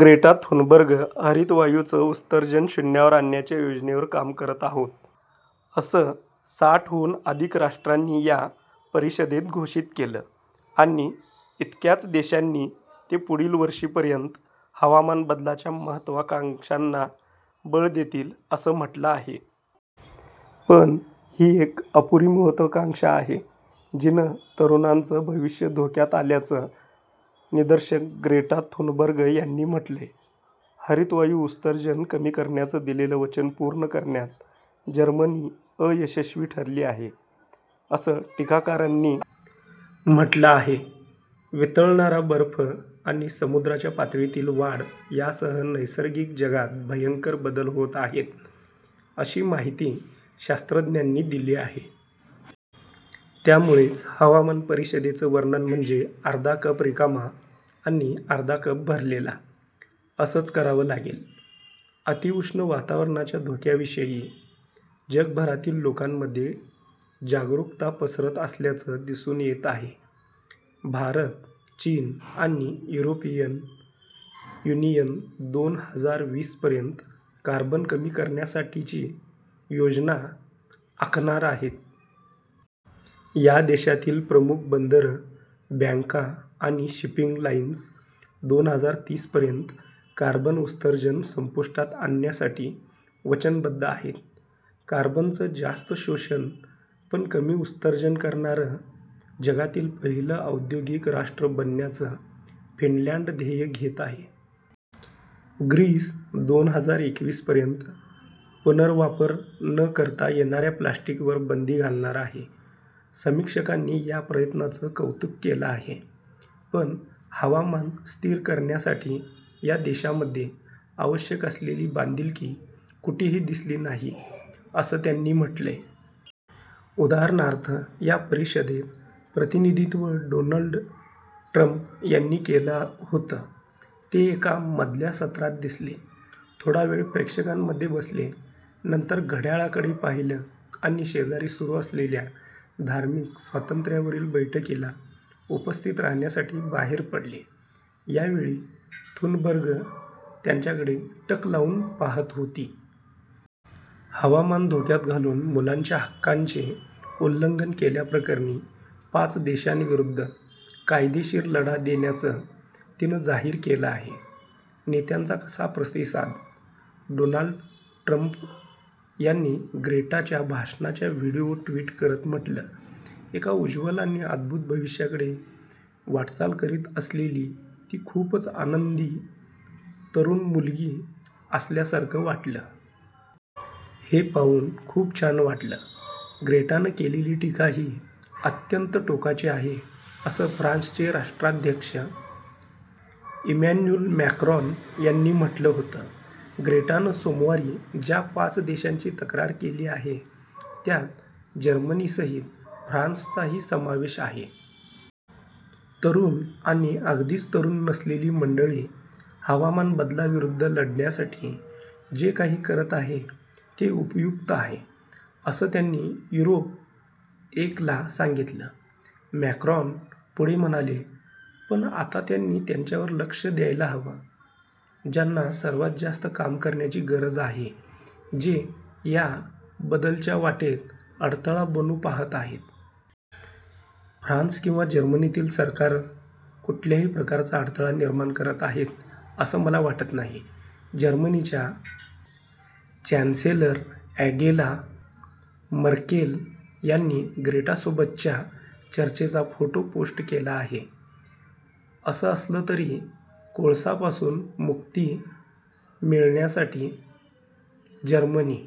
Greta Thunberg हरितवायूंचं उत्सर्जन शून्यावर आणण्याच्या योजनेवर काम करत आहोत, असं साठ हून अधिक राष्ट्रांनी या परिषदेत घोषित केलं. आणि इतक्याच देशांनी ते पुढील वर्षीपर्यंत हवामान बदलाच्या महत्त्वाकांक्षांना बळ देतील, असं म्हटलं आहे. पण, ही एक अपुरी महत्त्वाकांक्षा आहे, जिनं तरुणांचं भविष्य धोक्यात आल्याचं निदर्शक ग्रेटा थुनबर्ग यांनी म्हटलंय. हरितवायू उत्सर्जन कमी करण्याचं दिलेलं वचन पूर्ण करण्यात जर्मनी अयशस्वी ठरली आहे, असं टीकाकारांनी म्हटलं आहे. वितळणारा बर्फ आणि समुद्राच्या पातळीतील वाढ यासह नैसर्गिक जगात भयंकर बदल होत आहेत, अशी माहिती शास्त्रज्ञांनी दिली आहे. त्यामुळेच हवामान परिषदेचं वर्णन म्हणजे अर्धा कप रिकामा आणि अर्धा कप भरलेला, असंच करावं लागेल. अतिउष्ण वातावरणाच्या धोक्यांविषयी जगभरातील लोकांमध्ये जागरुकता पसरत असल्याचं दिसून येत आहे. भारत, चीन आणि युरोपियन यूनियन दोन हजार वीस पर्यंत कार्बन कमी करण्यासाठीची योजना आखणार आहे. या देशांतील प्रमुख बंदरं, बँका आणि शिपिंग लाईन्स दोन हजार तीस पर्यंत कार्बन उत्सर्जन संपुष्टात आणण्यासाठी वचनबद्ध आहेत. कार्बनचं जास्त शोषण, पण कमी उत्सर्जन करणारं जगातील पहिलं औद्योगिक राष्ट्र बनण्याचं फिनलँड ध्येय आहे. ग्रीस दोन हजार एकवीस पर्यंत पुनर्वापर न करता येणाऱ्या प्लास्टिकवर बंदी घालणार आहे. समीक्षकांनी या प्रयत्नांचं कौतुक केलं आहे, पण हवामान स्थिर करण्यासाठी या देशांमध्ये आवश्यक असलेली बांधिलकी कुठेही दिसली नाही, असं त्यांनी म्हटलंय. उदाहरणार्थ या परिषदेत प्रतिनिधित्व डोनल्ड ट्रंप यांनी केलं होतं. ते एका मधल्या सत्रात दिसले, थोडा वेळ प्रेक्षकांमध्ये बसले, नंतर घड्याळाकडे पाहिलं आणि शेजारी सुरू असलेल्या धार्मिक स्वातंत्र्यावरील बैठकीला उपस्थित राहाण्यासाठी बाहेर पडले. यावेळी थुनबर्ग त्यांच्याकडे टक लावून पाहत होती. हवामान धोक्यात घालून मुलांच्या हक्कांचे उल्लंघन केल्याप्रकरणी पाच देशांविरूद्ध कायदेशीर लढा देण्याचं तिनं जाहीर केलं आहे. नेत्यांचा कसा प्रतिसाद? डोनाल्ड ट्रंप यांनी ग्रेटाच्या भाषणाचा व्हीडिओ ट्वीट करत म्हटलं एका उज्ज्वल आणि अद्भुत भविष्याकडे वाटचाल करत असलेली ती खूपच आनंदी तरुण मुलगी असल्यासारखं वाटलं. हे पाहून खूप छान वाटलं! ग्रेटानं केलेली टीका ही अत्यंत टोकाची आहे असं फ्रान्सचे राष्ट्राध्यक्ष इमॅन्युल मॅक्रॉन यांनी म्हटलं होतं. ग्रेटानं सोमवारी ज्या पाच देशांची तक्रार केली आहे त्यात जर्मनीसहित फ्रान्सचाही समावेश आहे. तरुण आणि अगदीच तरुण नसलेली मंडळी हवामान बदलाविरुद्ध लढण्यासाठी जे काही करत आहे ते उपयुक्त आहे, असं त्यांनी युरोप-एक ला सांगितलं. मॅक्रॉन पुढे म्हणाले, पण आता त्यांनी त्यांच्यावर लक्ष द्यायला हवं, ज्यांना सर्वांत जास्त काम करण्याची गरज आहेजे या बदलाच्या वाटेत अडथळा बनू पाहत आहेत. फ्रान्स किंवा जर्मनीतील सरकारं कुठल्याही प्रकारचा अडथळा निर्माण करत आहेत असं मला वाटत नाही. जर्मनीच्या चॅन्सेलर अँगेला मर्केल यांनी ग्रेटासोबतच्या चर्चेचा फोटो पोस्ट केला आहे. असं असलं तरी, कोळसापासून मुक्ती मिळण्यासाठी जर्मनी